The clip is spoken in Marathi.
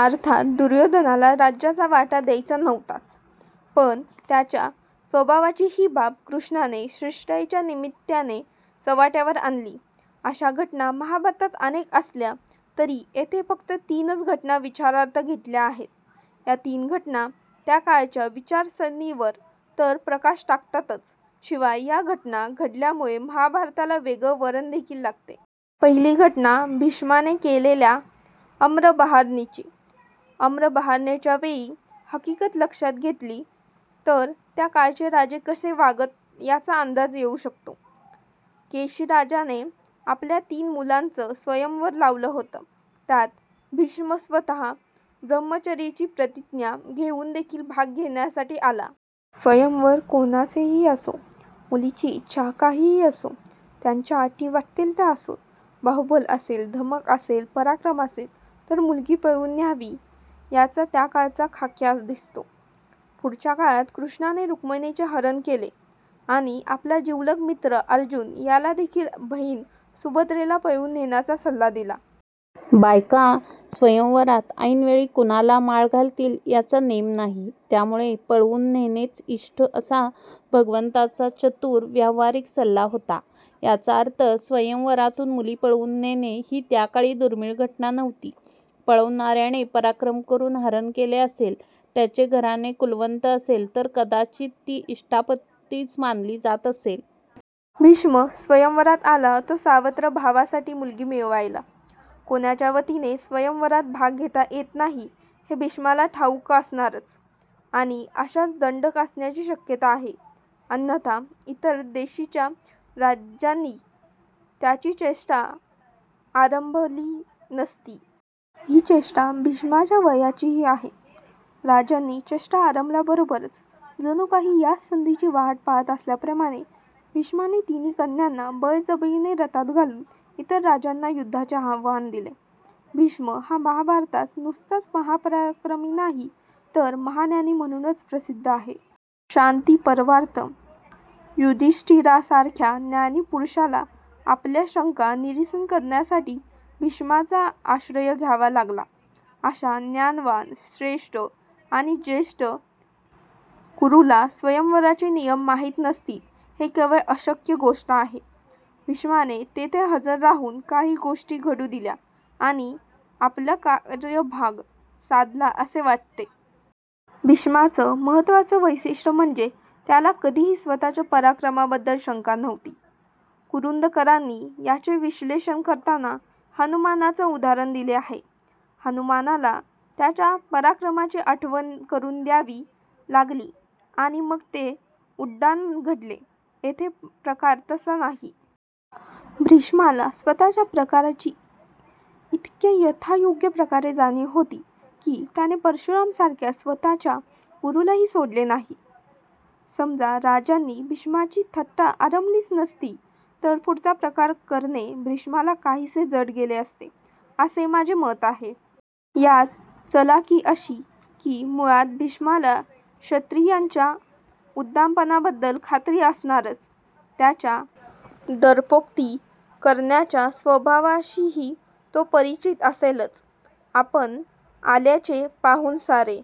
अर्थात दुर्योधनाला राज्याचा वाटा द्यायचा नव्हताच. पण त्याच्या स्वभावाची ही बाब कृष्णाने शिष्टाईच्या निमित्ताने चव्हाट्यावर आणली. अशा घटना महाभारतात अनेक असल्या तरी येथे फक्त तीनच घटना विचारार्थ घेतल्या आहेत. या तीन घटना त्या काळच्या विचारसरणीवर तर प्रकाश टाकतातच शिवाय या घटना घडल्यामुळे महाभारताला वेगळं वळण देखिल लागतं. पहिली घटना भीष्माने केलेल्या अम्बाहरणाची. अम्बाहरणाच्या वेळची हकीकत लक्षात घेतली तर त्या काळचे राजे कसे वागत याचा अंदाज येऊ शकतो. केशीराजाने आपल्या तीन मुलींचं स्वयंवर लावलं होतं. त्यात भीष्म स्वतः ब्रह्मचर्याची प्रतिज्ञा घेऊन देखिल भाग घेण्यासाठी आला. स्वयंवर कुणाचंही असो. मुलीची इच्छा काहीही असो. त्याच्या अटी वाट्टेल त्या असोत. बाहुबल असेल, धमक असेल, पराक्रम असेल तर मुलगी पळवुन न्यावी असा त्याकाळचा खाक्या दिसतो. पुढच्या काळात कृष्णाने रुक्मिणीचं हरण केलं आणि आपला जिवलग मित्र अर्जुन याला देखिल बहिण सुभद्रेला पळवुन नेण्याचा सल्ला दिला. बायका स्वयंवरात ऐनवेळी कुणाला माळ घालतील याचा नेम नाही त्यामुळे पळवुन नेणेच इष्ट असा भगवंताचा चतुर, व्यावहारिक सल्ला होता. याचा अर्थ स्वयंवरातुन मुली पळवुन नेणे ही त्याकाळी दुर्मिळ घटना नव्हती. पळवणार्याने पराक्रम करुन हरण केले असेल, त्याचे घराणे कुलवंत असेल तर कदाचित ती इष्टापत्तीच मानली जात असेल. भीष्म स्वयंवरात आला तो सावत्र भावांसाठी मुलगी मिळवायला. कुणाच्या वतीने स्वयंवरात भाग घेता येत नाही हे भीष्माला ठाऊक असणारच. आणि असाच दंडक असण्याची शक्यता आहे. अन्यथा इतर देशीच्या रा़जांनी त्याची चेष्टा आरंभली नसती. ही चेष्टा भीष्माच्या वयाचीही आहे. राजांनी चेष्टा आरंभल्याबरोबर जणुकाही याच संधीची वाट पाहात असल्याप्रमाणे भीष्माने तिन्ही कन्यांना बळजबरीने रथात घालुन इतर राजांना युद्धाचे आव्हान दिले. भीष्म हा महाभारतात नुसताच महापराक्रमी नाही तर महाज्ञानी म्हणुनही प्रसिद्ध आहे. शांतीपर्वात युधिष्ठीरासारख्या ज्ञानी पुरुषाला आपल्या शंका निरसन करण्यासाठी भीष्माचा आश्रय घ्यावा लागला. अशा ज्ञानवान, श्रेष्ठ आणि ज्येष्ठ कुरुला स्वयंवराचे नियम माहित नसतील ही केवळ अशक्य गोष्ट आहे. भीष्माने तेथे हजर राहुन काही गोष्टी घडु दिल्या आणि आपला कार्यभाग साधला असे वाटते. भीष्माचं महत्त्वाचं वैशिष्ट्य म्हणजे त्याला कधीही स्वतःच्या पराक्रमाबद्दल शंका नव्हती. कुरुंदकरांनी याचं विश्लेषण करताना हनुमानाचं उदाहरण दिलं आहे. हनुमानाला त्याच्या पराक्रमाची आठवण करुन द्यावी लागली आणि मग ते उड्डाण घडले. इथे प्रकार तसा नाही. भीष्माला स्वतःच्या पराक्रमाची इतक्या यथायोग्य प्रकारे जाणीव होती की त्याने परशुरामासारख्या स्वतःच्या गुरुलाही सोडले नाही. समजा राजांनी भीष्माची थट्टा आरंभलीच नसती तर पुढचा प्रकार करणे भीष्माला काहीसे जड गेले असते असे माझे मत आहे. यात चलाखि अशी कि मुळात भीष्माला क्षत्रियांच्या उद्दामपणाबद्दल खात्री असणारच. त्यांच्या दर्पोक्ती करण्याच्या स्वभावाशीही तो परिचित असेलच. आपण आल्याचे पाहुन सारे